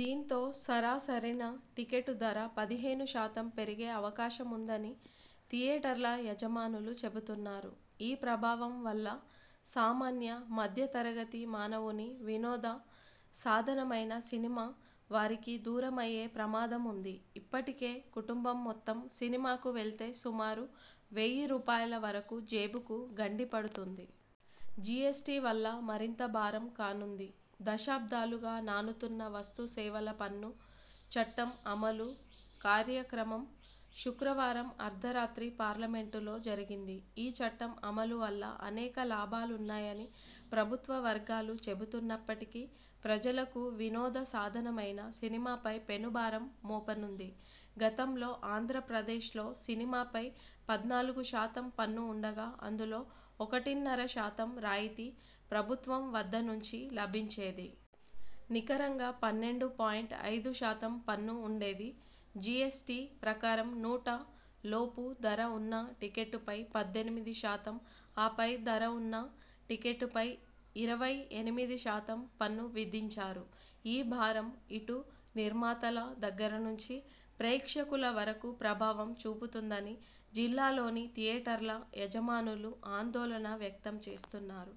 దీంతో సరాసరిన టికెటు ధర పదిహేను శాతం పెరిగే అవకాశముందని థియేటర్ల యజమానులు చెబుతున్నారు. ఈ ప్రభావం వల్ల సామాన్య, మధ్య తరగతి మానవుని వినోద సాధనమైన సినిమా వారికి దూరమయ్యే ప్రమాదముంది. ఇప్పటికే కుటుంబం మొత్తం సినిమాకు వెళ్తే సుమారు వెయ్యి రూపాయల వరకు జేబుకు గడ్డిపడుతుంది. జీఎస్టీ వల్ల మరింత భారం కానుంది. దశాబ్దాలుగా నానుతున్న వస్తు సేవల పన్ను చట్టం అమలు కార్యక్రమంశుక్రవారం అర్ధరాత్రి పార్గమెంటులో జరిగింది. ఈ చట్టం అమలు వల్ల అనేక లాభాలున్నాయని ప్రభుత్వ వర్గాలు చెబుతున్నప్పటికీ ప్రజలకు వినోద సాధనమైన సినిమాపై పెనుభారం మోపనుంది. గతంలో ఆంధ్రప్రదేశ్లో సినిమాపై పద్నాలుగు శాతం పన్ను ఉండగా అందులో ఒకటిన్నర శాతం రాయితీ ప్రభుత్వం వద్ద నుంచి లభించేది. నికరంగా పన్నెండు పాయింట్ ఐదు శాతం పన్ను ఉండేది. జీఎస్ టీ ప్రకారం నూట లోపు ధర ఉన్న టికెట్టుపై పద్దెనిమిది శాతం, ఆపై ధర ఉన్న టికెట్టుపై ఇరవై ఎనిమిది శాతం పన్ను విధించారు. ఈ భారం ఇటు నిర్మాతల దగ్గర నుంచి ప్రేక్షకుల వరకు ప్రభావం చూపుతుందని జిల్లాలోని థియేటర్ల యజమానులు ఆందోళన వ్యక్తం చేస్తున్నారు.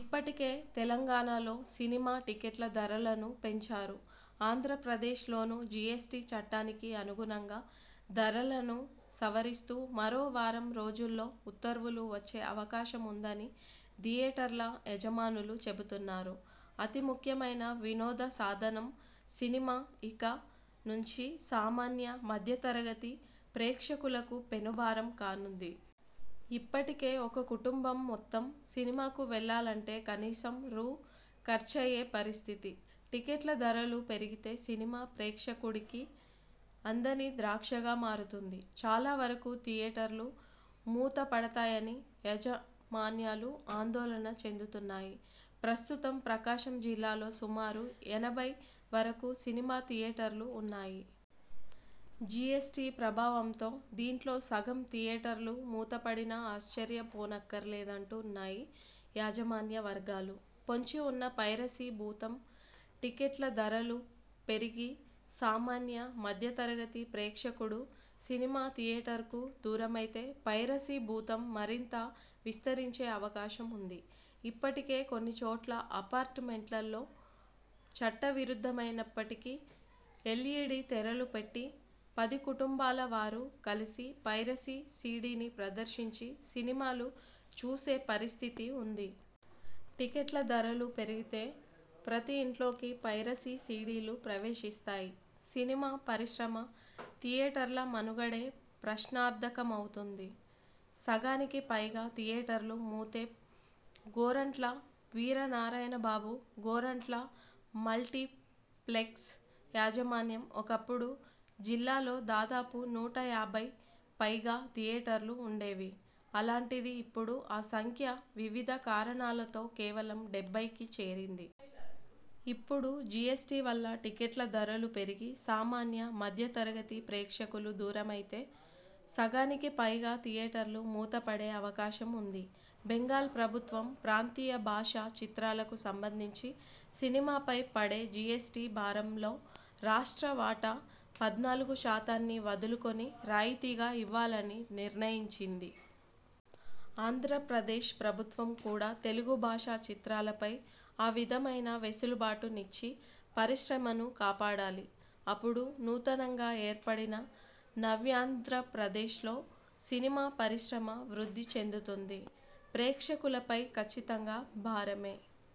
ఇప్పటికే తెలంగాణలో సినిమా టికెట్ల ధరలను పెంచారు. ఆంధ్రప్రదేశ్లోనూ జీఎస్టీ చట్టానికి అనుగుణంగా ధరలను సవరిస్తూ మరో వారం రోజుల్లో ఉత్తర్వులు వచ్చే అవకాశం ఉందని థియేటర్ల యాజమానులు చెబుతున్నాయి. అతి ముఖ్యమైన వినోదసాధనం సినిమా ఇక నుంచి సామాన్య, మధ్యతరగతి ప్రేక్షకులకు పెనుభారం కానుంది. ఇప్పటికే ఒక కుటుంబం మొత్తం సినిమాకు వెళ్లాలంటే కనీసం రూ. ఖర్చయ్యే పరిస్థితి. టికెట్ల ధరలు పెరిగితే సినిమా ప్రేక్షకుడికి అందని ద్రాక్షగా మారుతుంది. చాలావరకు థియేటర్లు మూతప డతాయని యాజ మాన్యాలు ఆందోళన చెందుతున్నాయి. ప్రస్తుతం ప్రకాశం జిల్లాలో సుమారు ఎనభై వరకు సినిమా థియేటర్లు ఉన్నాయి. జీఎస్టీ ప్రభావంతో దీంట్లో సగం థియేటర్లు మూతపడినా ఆశ్చర్య పోనక్కరలేదంటు న్నాయి యాజమాన్య వర్గాలు. పొంచి ఉన్న పైరసీ భూతంటికెట్ల ధరలు పెరిగి సామాన్య, మధ్య తరగతి ప్రేక్షకుడు సినిమా థియేటర్కు దూరమైతే పైరసీ భూతం మరింత విస్తరించే అవకాశం ఉంది. ఇప్పటికే కొన్ని చోట్ల అపార్టుమెంట్లలో చట్టవిరుద్ధమైన ప్పటికీ ఎల్ఈడీ తెరలు పెట్టి పదికుటుం బాల వారు కలిసి పైరసి సీడీని ప్రదర్శించి సినిమాలు చూసే పరిస్థితి ఉంది. టికెట్ల ధరలు పెరిగితే ప్రతి ఇంట్లోకి పైరసి సీడీలు ప్రవేశిస్తాయి. సినిమా పరిశ్రమ, థియేటర్ల మనుగడే ప్రశ్నార్థకమవుతుంది. సగానికి పైగా థియేటర్లు మూతే గోరంట్ల వీరనారాయణ బాబు, గోరంట్ల మల్టీప్లెక్స్ యాజమాన్యం ఒకపుడు జిల్లాలో దాదా పు నూట యాభై పైగా థియేటర్లు ఉండేవి. అలాంటిది ఇప్పుడు ఆ సంఖ్య వివిధ కారణాలతో కేవలం డెబ్బైకి చేరింది. ఇపుడు జీఎస్టీ వల్ల టికెట్ల ధరలు పెరిగి సామాన్య, మధ్య తరగతి ప్రేక్షకులు దూరమైతే సగానికి పైగా థియేటర్లు మూతపడే అవకాశం ఉంది. బెంగాల్ ప్రభుత్వం ప్రాంతీయ భాషా చిత్రాలకు సంబంధించి సినిమాపై పడే జీఎస్టీ భారంలో రాష్ట్ర వాటా పద్నాలుగు శాతాన్ని వదులు కుని రాయితీగా ఇవ్వాలని నిర్ణయిం చింది. ఆంధ్రప్రదేశ్ ప్రభుత్వం కూడా తెలుగు భాషా చిత్రాలపై ఆ విధమైన వెసులుబాటు నిచ్చి పరిశ్రమను కాపాడాలి. అపుడు నూతనంగా ఏర్పడిన నవ్యాంధ్ర ప్రదేశ్లో సినిమా పరిశ్రమ వృద్ధి చెందుతుంది. ప్రేక్షకులపై ఖచ్చితంగా భారమే